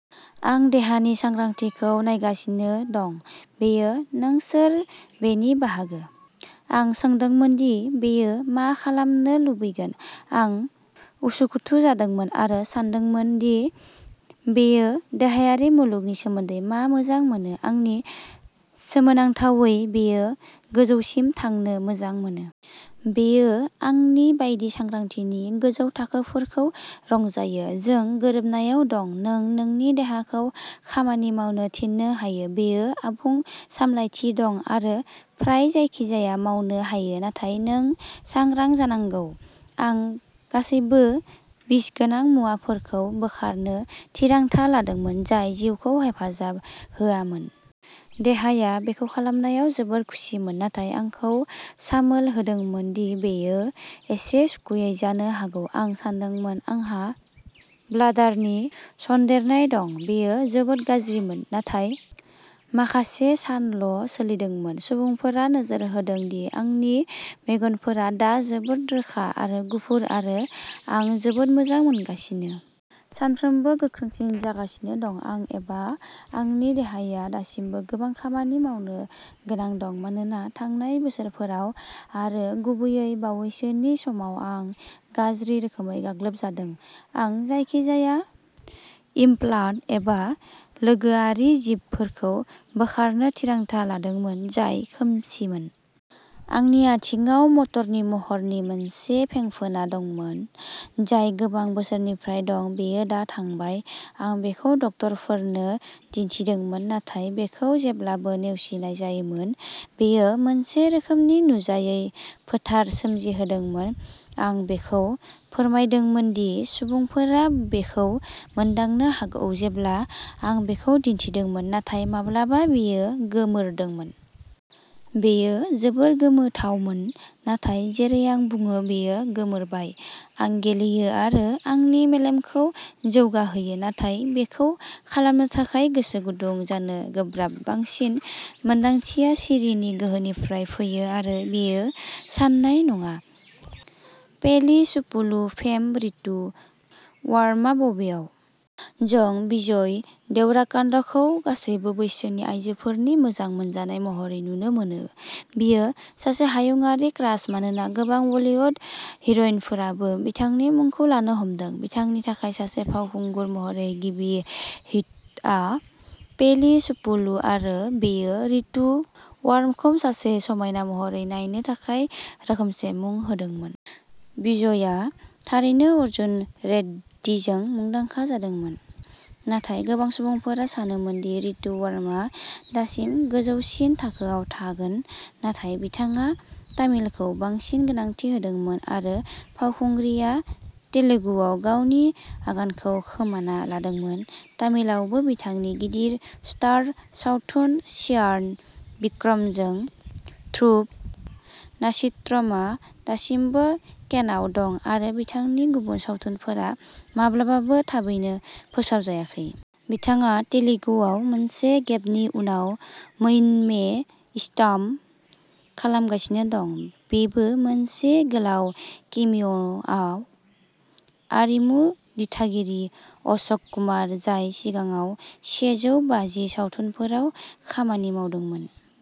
आं देहानि सांग्रांथिखौ नायगासिनो दं। बेयो नों सोर बेनि बाहागो। आं सोंदोंमोन दि बेयो मा खालामनो लुबैगोन। आं उसुखुथु जादोंमोन आरो सानदोंमोन दि बेयो देहायारि मुलुगनि सोमोन्दै मा मोजां मोनो। आंनि सोमोनांथावै बेयो गोजौसिम थांनो मोजां मोनो। बेयो आंनि बायदि सांग्रांथिनि गोजौ थाखोफोरखौ रंजायो। जों गोरोबनायाव दं। नों नोंनि देहाखौ खामानि मावनो थिननो हायो, बेयो आबुं सामलायथि दं आरो फ्राय जायखिजाया मावनो हायो नाथाय नों सांग्रां जानांगौ। आं गासैबो बिसगोनां मुवाफोरखौ बोखारनो थिरांथा लादोंमोन जाय जिउखौ हेफाजाब होआमोन। देहाया बेखौ खालामनायाव जोबोद खुसिमोन नाथाय आंखौ सामोल होदोंमोन दि बेयो एसे सुखुयै जानो हागौ। आं सानदोंमोन आंहा ब्लाडारनि सन्देरनाय दं। बेयो जोबोद गाज्रिमोन नाथाय माखासे सानल' सोलिदोंमोन। सुबुंफोरा नोजोर होदों दि आंनि मेगनफोरा दा जोबोद रोखा आरो गुफुर आरो आं जोबोद मोजां मोनगासिनो। सानफ्रोमबो गोख्रोंसिन जागासिनो दं। आं एबा आंनि देहाया दासिमबो गोबां खामानि मावनो गोनां दं मानोना थांनाय बोसोरफोराव आरो गुबैयै बावैसोनि समाव आं गाज्रि रोखोमै गाग्लोबजादों। आं जायखिजाया इमप्लान्ट एबा लोगोआरि जिबफोरखौ बोखारनो थिरांथा लादोंमोन, जाय खोमसिमोन। आंनि आथिंआव मटरनि महरनि मोनसे फेंफोना दंमोन, जाय गोबां बोसोरनिफ्राय दं, बेयो दा थांबाय। आं बेखौ डक्टरफोरनो दिन्थिदोंमोन। नाथाय बेखौ जेब्लाबो नेवसिनाय जायोमोन। बेयो मोनसे रोखोमनि नुजायै फोथार सोमजिहोदोंमोन। आं बेखौ फोरमायदोंमोन दि सुबुंफोरा बेखौ मोनदांनो हागौ जेब्ला आं बेखौ दिन्थिदोंमोन, नाथाय माब्लाबा बेयो गोमोरदोंमोन। बेयो जोबोद गोमोथावमोन, नाथाय जेरै आं बुङो बेयो गोमोरबाय। आं गेलेयो आरो आंनि मेलेमखौ जौगाहोयो, नाथाय बेखौ खालामनो थाखाय गोसो गुदुं जानो गोब्राब। बांसिन मोन्दांथिया सिरिनि गोहोनिफ्राय फैयो आरो बेयो साननाय नङा। पेलि चुपुलु फेम रितु वर्माआ बबेयाव? जों विजय देवराकन्डाखौ गासैबो बैसोनि आइजोफोरनि मोजां मोनजानाय महरै नुनो मोनो। बियो सासे हायुंआरि क्रास मानोना गोबां बलीवुड हिर'इनफोराबो बिथांनि मुंखौ लानो हमदों। बिथांनि थाखाय सासे फावखुंगुर महरै गिबि हिटआ पेलि चुपुलु आरो बेयो रितु वर्मखौ सासे समायना महरै नायनो थाखाय रोखोमसे मुं होदोंमोन। विजयआ थारैनो अर्जुन रेड्डीजों मुंदांखा जादोंमोन नाथाय गोबां सुबुंफोरा सानोमोन दि रितु वर्माया दासिम गोजौसिन थाखोआव थागोन। नाथाय बिथाङा तामिलखौ बांसिन गोनांथि होदोंमोन आरो फावखुंग्रिआ तेलुगुआव गावनि आगानखौ खोमाना लादोंमोन। तामिलआवबो बिथांनि गिदिर स्टार सावथुन चियान बिक्रमजों ध्रुव नचित्रमआ दासिमबो केनआव दं आरो बिथांनि गुबुन सावथुनफोरा माब्लाबाबो थाबैनो फोसावजायाखै। बिथाङा तेलुगुआव मोनसे गेपनि उनाव "मौनमे इष्टम" खालामगासिनो दं। बेबो मोनसे गोलाव केमिय'आव। आरिमु दिथागिरि अशोक कुमार, जाय सिगाङाव सेजौ बाजि सावथुनफोराव खामानि मावदोंमोन।